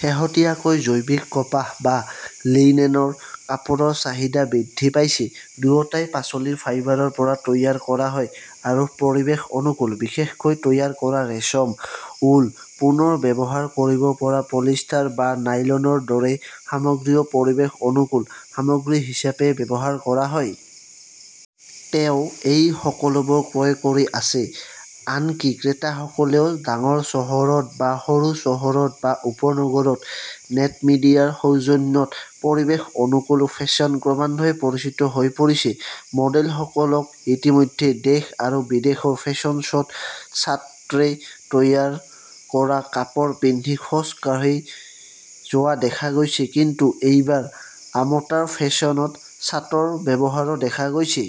শেহতীয়াকৈ জৈৱিক কপাহ বা লিনেনৰ কাপোৰৰ চাহিদা বৃদ্ধি পাইছে। দুয়োটাই পাচলিৰ ফাইবাৰৰ পৰা তৈয়াৰ কৰা হয় আৰু পৰিৱেশ অনুকূল। বিশেষকৈ তৈয়াৰ কৰা ৰেচম, উল, পুনৰ ব্যৱহাৰ কৰিব পৰা পলিষ্টাৰ বা নাইলনৰ দৰে সামগ্ৰীও পৰিৱেশ অনুকূল সামগ্ৰী হিচাপে ব্যৱহাৰ কৰা হয়। তেওঁ এই সকলোবোৰ ক্ৰয় কৰি আছে, আনকি ক্ৰেতাসকলেও। ডাঙৰ চহৰত বা সৰু চহৰত বা উপনগৰত নেট মিডিয়াৰ সৌজন্যত পৰিৱেশ-অনুকূল ফেশ্বন ক্ৰমান্বয়ে পৰিচিত হৈ পৰিছে। মডেলসকলক ইতিমধ্যে দেশ আৰু বিদেশৰ ফেশ্বন শ্ব 'ত চাটৰে তৈয়াৰ কৰা কাপোৰ পিন্ধি খোজ কাঢ়ি যোৱা দেখা গৈছে, কিন্তু এইবাৰ আমোটাৰ ফেশ্বনত চাটৰ ব্যৱহাৰো দেখা গৈছে।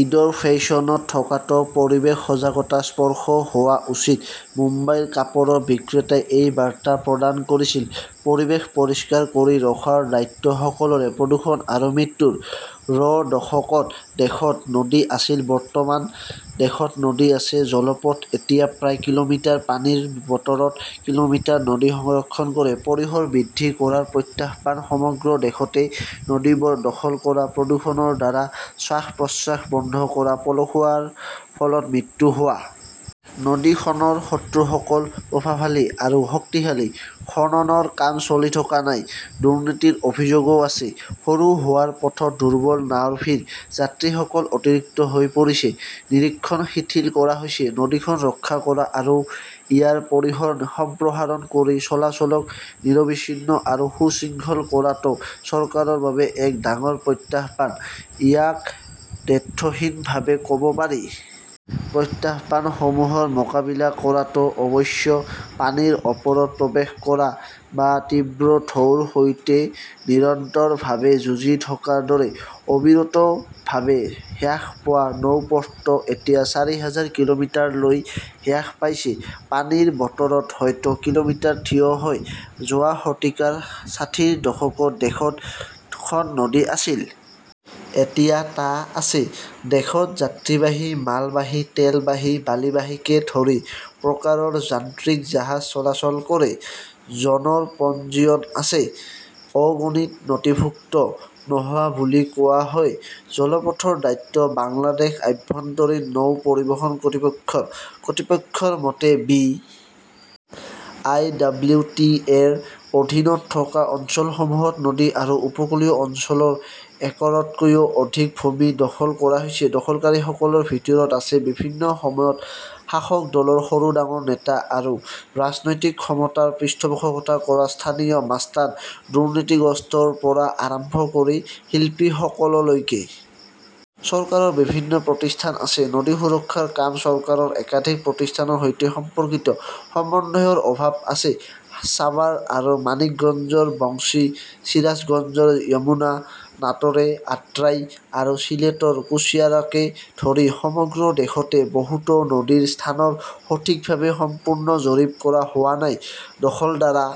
ঈদৰ ফেশ্বনত থকাটো পৰিৱেশ সজাগতাৰ স্পৰ্শ হোৱা উচিত-মুম্বাইৰ কাপোৰৰ বিক্ৰেতাই এই বাৰ্তা প্ৰদান কৰিছিল। পৰিৱেশ পৰিষ্কাৰ কৰি ৰখাৰ দায়িত্ব সকলোৰে প্ৰদূষণ আৰু মৃত্যুৰ। -ৰ দশকত দেশত নদী আছিল বৰ্তমান দেশত নদী আছে জলপথ এতিয়া প্ৰায় কিলোমিটাৰ পানীৰ বতৰত কিলোমিটাৰ নদী সংৰক্ষণ কৰে, পৰিসৰ বৃদ্ধি কৰাৰ প্ৰত্যাহ্বান সমগ্ৰ দেশতে নদীবোৰ দখল কৰা, প্ৰদূষণৰ দ্বাৰা শ্বাস-প্ৰশ্বাস বন্ধ কৰা, পলসুৱাৰ ফলত মৃত্যু হোৱা। নদীখনৰ শত্ৰুসকল প্ৰভাৱশালী আৰু শক্তিশালী। খননৰ কাম চলি থকা নাই, দুৰ্নীতিৰ অভিযোগও আছে। সৰু হোৱাৰ পথত দুৰ্বল নাওৰ ভিৰ। যাত্ৰীসকল অতিৰিক্ত হৈ পৰিছে। নিৰীক্ষণ শিথিল কৰা হৈছে। নদীখন ৰক্ষা কৰা আৰু ইয়াৰ পৰিসৰ সম্প্ৰসাৰণ কৰি চলাচলক নিৰবিচ্ছিন্ন আৰু সুশৃঙ্খল কৰাটো চৰকাৰৰ বাবে এক ডাঙৰ প্ৰত্যাহ্বান-ইয়াক দ্ব্যৰ্থহীনভাৱে ক "ব পাৰি। প্ৰত্যাহ্বানসমূহৰ মোকাবিলা কৰাটো অৱশ্যে পানীৰ ওপৰত প্ৰৱেশ কৰা বা তীব্ৰ ঢৌৰ সৈতে নিৰন্তৰভাৱে যুঁজি থকাৰ দৰে। অবিৰতভাৱে হ্ৰাস পোৱা নৌপথটো এতিয়া চাৰি হাজাৰ কিলোমিটাৰলৈ হ্ৰাস পাইছে। পানীৰ বতৰত হয়তো, কিলোমিটাৰ থিয় হয়। যোৱা শতিকাৰ ষাঠিৰ দশকত দেশত খন নদী আছিল। এতিয়া টা আছে। দেশত যাত্ৰীবাহী, মালবাহী, তেলবাহী, বালিবাহীকে ধৰি প্ৰকাৰৰ যান্ত্ৰিক জাহাজ চলাচল কৰে।, জনৰ পঞ্জীয়ন আছে। অগণিত নথিভুক্ত নোহোৱা বুলি কোৱা হয়। জলপথৰ দায়িত্ব বাংলাদেশ আভ্যন্তৰীণ নৌ পৰিবহণ কৰ্তৃপক্ষৰ। কৰ্তৃপক্ষৰ মতে, B. I. W. T. A. -ৰ অধীনত থকা অঞ্চলসমূহত নদী আৰু উপকূলীয় অঞ্চলৰ একৰতকৈও অধিক ভূমি দখল কৰা হৈছে। দখলকাৰীসকলৰ ভিতৰত আছে বিভিন্ন সময়ত শাসক দলৰ সৰু ডাঙৰ নেতা আৰু ৰাজনৈতিক ক্ষমতাৰ পৃষ্ঠপোষকতা কৰা স্থানীয় মাস্তান-দুৰ্নীতিগ্ৰস্তৰ পৰা আৰম্ভ কৰি শিল্পীসকললৈকে। চৰকাৰৰ বিভিন্ন প্ৰতিষ্ঠান আছে। নদী সুৰক্ষাৰ কাম চৰকাৰৰ একাধিক প্ৰতিষ্ঠানৰ সৈতে সম্পৰ্কিত। সমন্বয়ৰ অভাৱ আছে। সাৱাৰ আৰু মানিকগঞ্জৰ বংশী, চিৰাজগঞ্জৰ যমুনা, নাটৰে আট্ৰাই আৰু চিলেটৰ কুশিয়াৰাকে ধৰি সমগ্ৰ দেশতে বহুতো নদীৰ স্থানৰ সঠিকভাৱে সম্পূৰ্ণ জৰীপ কৰা হোৱা নাই। দখলধাৰা